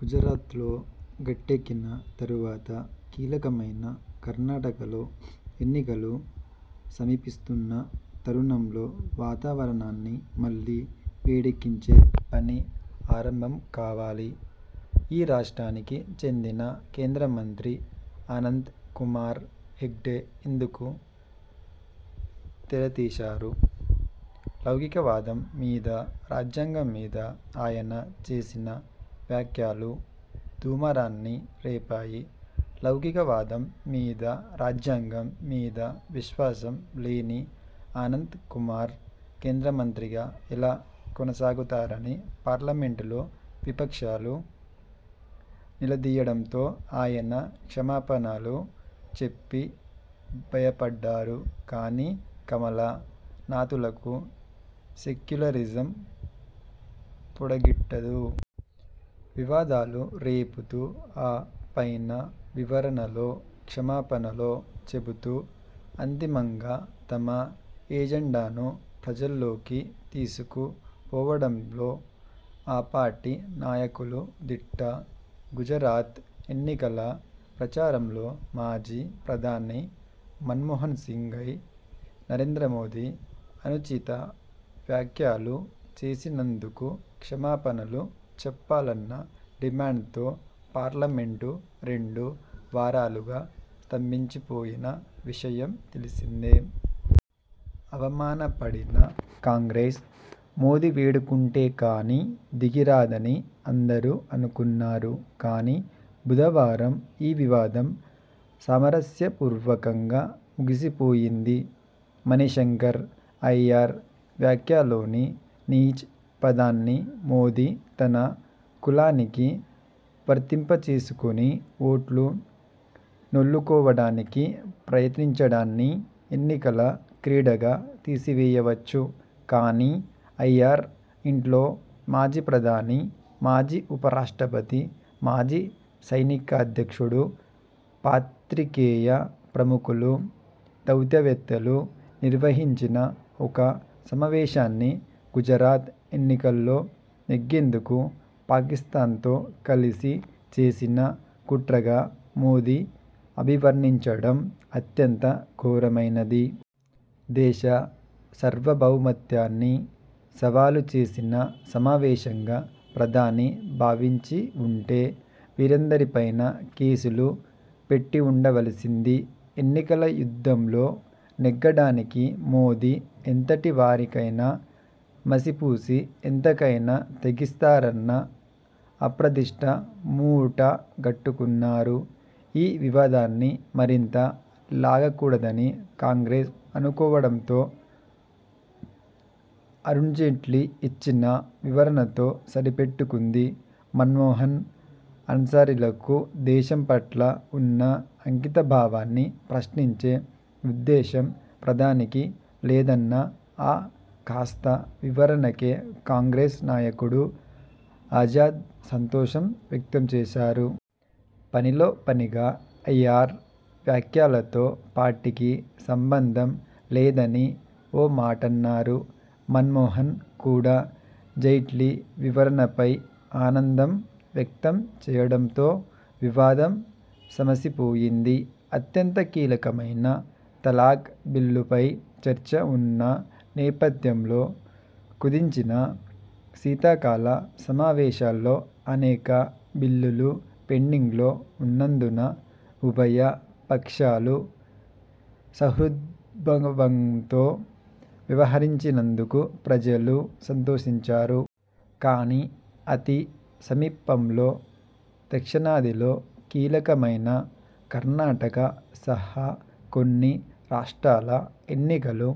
గుజరాత్లో గట్టెక్కిన తరువాత, కీలకమైన కర్ణాటకలో ఎన్నికలు సమీపిస్తున్న తరుణంలో వాతావరణాన్ని మళ్ళీ వేడెక్కించే పని ఆరంభం కావాలి. ఈ రాష్ట్రానికి చెందిన కేంద్రమంత్రి అనంత్ కుమార్ హెగ్డే ఇందుకు తెరతీశారు. లౌకికవాదం మీద, రాజ్యాంగంమీద ఆయన చేసిన వ్యాఖ్యలు దుమారాన్ని రేపాయి. లౌకికవాదం మీదా, రాజ్యాంగం మీదా విశ్వాసం లేని అనంత్ కుమార్ కేంద్రమంత్రిగా ఎలా కొనసాగుతారని పార్లమెంటులో విపక్షాలు నిలదీయడంతో ఆయన క్షమాపణలు చెప్పి బయపడ్డారు కానీ, కమల నాథులకు సెక్యులరిజం పొడగిట్టదు. వివాదాలు రేపుతూ, ఆ పైన వివరణలో, క్షమాపణలో చెబుతూ అంతిమంగా తమ ఎజెండాను ప్రజల్లోకి తీసుకు పోవడంలో ఆ పార్టీ నాయకులు దిట్ట. గుజరాత్ ఎన్నికల ప్రచారంలో మాజీ ప్రధాని మన్మోహన్సింగ్పై నరేంద్రమోదీ అనుచిత వ్యాఖ్యలు చేసినందుకు క్షమాపణలు చెప్పాలన్న డిమాండ్తో పార్లమెంటు రెండు వారాలుగా స్తంభించిపోయిన విషయం తెలిసిందే. అవమానపడిన కాంగ్రెస్, మోదీ వేడుకుంటే కానీ దిగిరాదని అందరూ అనుకున్నారు కానీ, బుధవారం ఈ వివాదం సామరస్యపూర్వకంగా ముగిసిపోయింది. మణిశంకర్ అయ్యర్ వ్యాఖ్యలోని 'నీచ్' పదాన్ని మోదీ తన కులానికి వర్తింపచేసుకొని ఓట్లు నొల్లుకోవడానికి ప్రయత్నించడాన్ని ఎన్నికల క్రీడగా తీసివేయవచ్చు. కానీ, అయ్యర్ ఇంట్లో మాజీ ప్రధాని, మాజీ ఉపరాష్ట్రపతి, మాజీ సైనికాధ్యక్షుడు, పాత్రికేయ ప్రముఖులు, దౌత్యవేత్తలు నిర్వహించిన ఒక సమావేశాన్ని గుజరాత్ ఎన్నికల్లో నెగ్గేందుకు పాకిస్థాన్తో కలిసి చేసిన కుట్రగా మోదీ అభివర్ణించడం అత్యంత ఘోరమైనది. దేశ సార్వభౌమత్వాన్ని సవాలు చేసిన సమావేశంగా ప్రధాని భావించివుంటే వీరందరిపైనా కేసులు పెట్టివుండవలసింది. ఎన్నికల యుద్ధంలో నెగ్గడానికి మోదీ ఎంతటి వారికైనా మసిపూసి, ఎంతకైనా తెగిస్తారన్న అప్రదిష్ట మూట గట్టుకున్నారు. ఈ వివాదాన్ని మరింత లాగకూడదని కాంగ్రెస్ అనుకోవడంతో అరుణ్జైట్లీ ఇచ్చిన వివరణతో సరిపెట్టుకుంది. మన్మోహన్, అన్సారీలకు దేశం పట్ల ఉన్న అంకితభావాన్ని ప్రశ్నించే ఉద్దేశం ప్రధానికి లేదన్న ఆ కాస్త వివరణకే కాంగ్రెస్ నాయకుడు ఆజాద్ సంతోషం వ్యక్తంచేశారు. పనిలో పనిగా అయ్యర్ వ్యాఖ్యలతో పార్టీకి సంబంధం లేదని ఓ మాటన్నారు. మన్మోహన్ కూడా జైట్లీ వివరణపై ఆనందం వ్యక్తం చేయడంతో వివాదం సమసిపోయింది. అత్యంత కీలకమైన తలాక్ బిల్లుపై చర్చ ఉన్న నేపథ్యంలో, కుదించిన శీతాకాల సమావేశాల్లో అనేక బిల్లులు పెండింగ్లో ఉన్నందున ఉభయ పక్షాలూ సుహృద్భావంతో వ్యవహరించినందుకు ప్రజలూ సంతోషించారు. కానీ, అతి సమీపంలో దక్షిణాదిలో కీలకమైన కర్ణాటక సహా కొన్ని రాష్ట్రాల ఎన్నికలు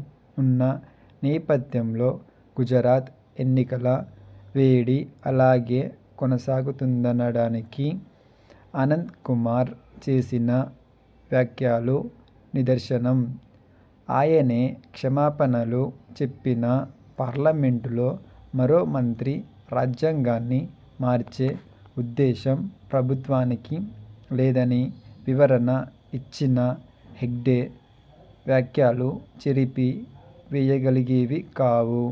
ఉన్న నేపథ్యంలో గుజరాత్ ఎన్నికల వేడి అలాగే కొనసాగుతుందనడానికి అనంత్ కుమార్ చేసిన వ్యాఖ్యలు నిదర్శనం. ఆయనే క్షమాపణలు చెప్పినా, పార్లమెంటులో మరో మంత్రి రాజ్యాంగాన్ని మార్చే ఉద్దేశం ప్రభుత్వానికి లేదని వివరణ ఇచ్చినా హెగ్డే వ్యాఖ్యలు చెరిపి వేయగలిగేవి కావు.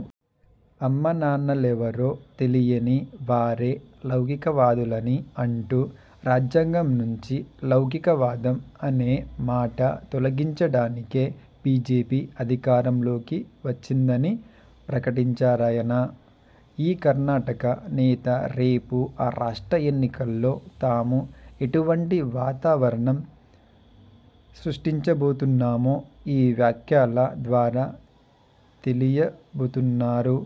అమ్మానాన్నలెవరో తెలియని వారే లౌకికవాదులని అంటూ, రాజ్యాంగంనుంచి లౌకికవాదం అనే మాట తొలగించడానికే బీజేపీ అధికారంలోకి వచ్చిందని ప్రకటించారాయన. ఈ కర్ణాటక నేత రేపు ఆ రాష్ట్ర ఎన్నికల్లో తాము ఎటువంటి వాతావరణం సృష్టించబోతున్నామో ఈ వ్యాఖ్యల ద్వారా తెలియబుతున్నారు.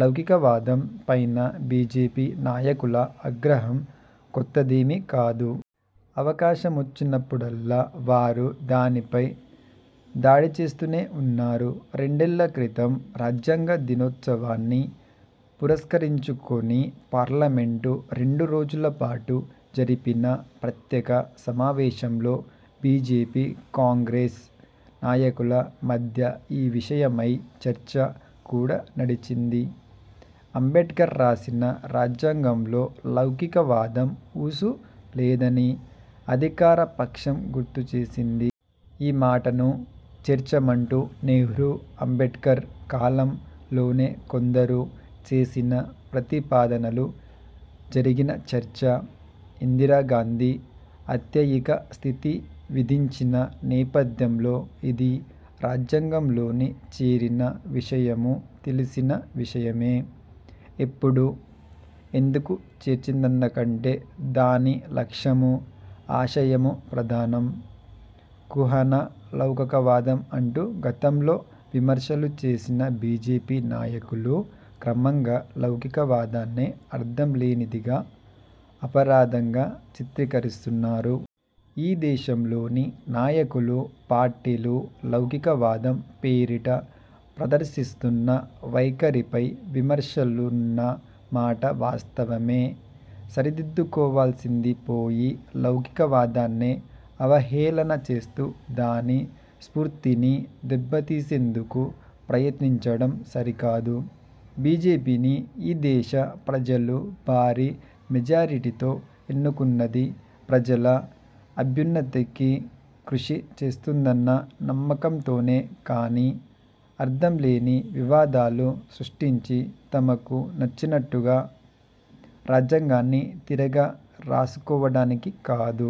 లౌకికవాదం పైన బీజేపీ నాయకుల అగ్రహం కొత్తదేమీ కాదు. అవకాశమొచ్చినప్పుడల్లా వారు దానిపై దాడిచేస్తూనే ఉన్నారు. రెండేళ్ళ క్రితం రాజ్యాంగ దినోత్సవాన్ని పురస్కరించుకొని పార్లమెంటు రెండు రోజులపాటు జరిపిన ప్రత్యేక సమావేశంలో బీజేపీ, కాంగ్రెస్ నాయకుల మధ్య ఈ విషయమై చర్చ కూడా నడిచింది. అంబేడ్కర్ రాసిన రాజ్యాంగంలో లౌకికవాదం ఊసు లేదని అధికార పక్షం గుర్తు చేసింది. ఈ మాటను చేర్చమంటూ నెహ్రూ అంబేడ్కర్ కాలం లోనే కొందరు చేసిన ప్రతిపాదనలు, జరిగిన చర్చ, ఇందిరాగాంధీ అత్యయిక స్థితి విధించిన నేపథ్యంలో ఇది రాజ్యాంగంలోనే చేరిన విషయమూ తెలిసిన విషయాలే. ఎప్పుడు, ఎందుకు చేరిందన్నకంటే, దాని లక్ష్యమూ, ఆశయమూ ప్రధానం. 'కుహనా లౌకకవాదం' అంటూ గతంలో విమర్శలు చేసిన బీజేపీ నాయకులు క్రమంగా లౌకికవాదాన్నే అర్థం లేనిదిగా, అపరాధంగా చిత్రీకరిస్తున్నారు. ఈ దేశంలోని నాయకులు, పార్టీలు లౌకికవాదం పేరిట ప్రదర్శిస్తున్న వైఖరిపై విమర్శలున్న మాట వాస్తవమే. సరిదిద్దుకోవాల్సింది పోయి, లౌకికవాదాన్నే అవహేళన చేస్తూ, దాని స్ఫూర్తిని దెబ్బతీసేందుకు ప్రయత్నించడం సరికాదు. బీజేపీని ఈ దేశ ప్రజలు భారీ మెజారిటీతో ఎన్నుకున్నది ప్రజల అభ్యున్నతికి కృషి చేస్తుందన్న నమ్మకంతోనే కానీ, అర్థంలేని వివాదాలు సృష్టించి, తమకు నచ్చినట్టుగా రాజ్యాంగాన్ని తిరగ రాసుకోవడానికి కాదు.